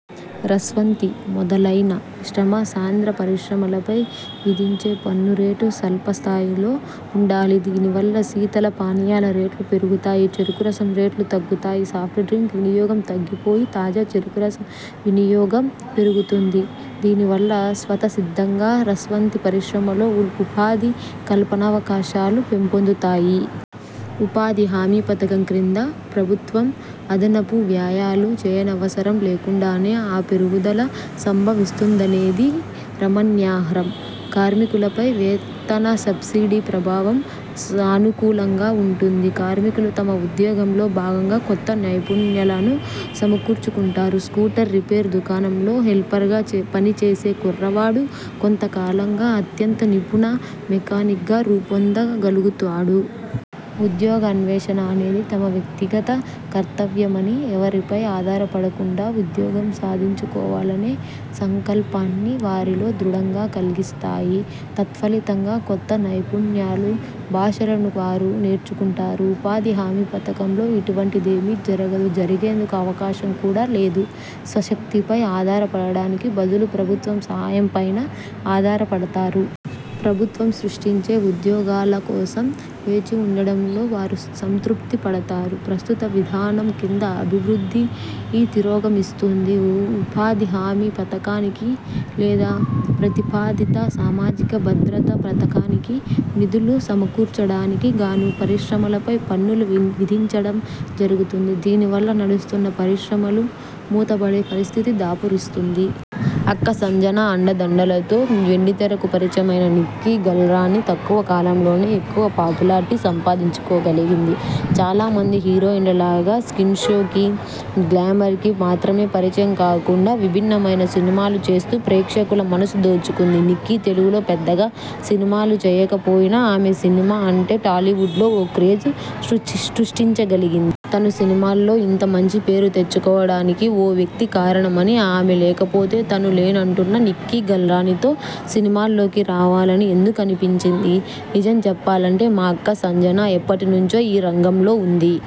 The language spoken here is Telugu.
రస్వంతి మొదలైన శ్రమ సాంద్ర పరిశ్రమలపై విధించే పన్నురేటు స్వల్పస్థాయిలో వుండాలి. దీనివల్ల శీతల పానీయాల రేట్లు పెరుగుతాయి. చెరుకురసం రేట్లు తగ్గుతాయి. సాఫ్ట్ డ్రింక్స్ వినియోగం తగ్గిపోయి తాజా చెరకురసం వినియోగం పెరుగుతుంది. దీని వల్ల స్వతసిద్ధంగా రస్వంతి పరిశ్రమలో ఉపాధి కల్పనావకాశాలు పెంపొందుతాయి. ఉపాధి హామీ పథకం కింద ప్రభుత్వం అదనపు వ్యయాలు చేయనవసరం లేకుండానే ఆ పెరుగుదల సంభవిస్తుందనేది గమనన్యార్హం. కార్మికులపై వేతన సబ్సిడీల ప్రభావం సానుకూలంగా వుంటుంది. కార్మికులు తమ ఉద్యోగంలో భాగంగా కొత్త నైపుణ్యాలను సమకూర్చుకుంటారు. స్కూటర్ రిపేర్ దుకాణంలో హెల్పర్గా పనిచేసే కుర్రవాడు కొంతకాలంగా అత్యంత నిపుణ మెకానిక్గా రూపొందగలుగుతాడు. ఉద్యోగాన్వేషణ అనేది తమవ్యక్తిగత కర్తవ్యమని, ఎవరిపై ఆధారపడకుండా ఉద్యోగం సాధించుకోవాలనే సంకల్పాన్ని వారిలో దృఢంగా కల్గిస్తాయి. తత్ఫలితంగా కొత్త నైపుణ్యాలు, భాషలను వారు నేర్చుకుంటారు. ఉపాధి హామీ పథకంలో ఇటువంటిదేమీ జరగదు. జరిగేందుకు అవకాశం కూడా లేదు. స్వశక్తిపై ఆధారపడడానికి బదులు ప్రభుత్వ సహాయంపైనే ఆధారపడతారు. ప్రభుత్వం సృష్టించే ఉద్యోగాల కోసం వేచివుండడంలో వారు సంతృప్తి పడతారు. ప్రస్తుత విధానం కింద అభివృద్ధి తిరోగమిస్తుంది. ఉపాధిహామీ పథకానికి లేదా ప్రతిపాదిత సామాజిక భద్రతా పథకానికి నిధులు సమకూర్చడానికి గాను పరిశ్రమలపై పన్నులు విధించడం జరుగుతుంది. దీనివల్ల నడుస్తున్న పరిశ్రమలు మూతపడే పరిస్థితి దాపురిస్తుంది. అక్క సంజన అండదండలతో వెండితెరకు పరిచయమైన నిక్కి గల్రానీ తక్కువ కాలంలోనే ఎక్కువ పాపులార్టీ సంపాదించుకోగలిగింది. చాలామంది హీరోయిన్లలాగా స్కిన్షోకీ, గ్లామర్కీ మాత్రమే పరిచయం కాకుండా విభిన్నమైన సినిమాలు చేస్తూ ప్రేక్షకుల మనసు దోచుకుంది. నిక్కి తెలుగులో పెద్దగా సినిమాలు చేయకపోయినా, ఆమె సినిమా అంటే టాలీవుడ్లో ఓ క్రేజ్ను సృష్టించగలిగింది. తను సినిమాల్లో ఇంత మంచి పేరు తెచ్చుకోవడానికి ఓ వ్యక్తి కారణమనీ, ఆమె లేకపోతే తను లేనంటున్న నిక్కి గల్రానీతో సినిమాల్లోకి రావాలని ఎందుకనిపించింది? నిజం చెప్పాలంటే మా అక్క సంజన ఎప్పటినుంచో ఈ రంగంలో ఉంది.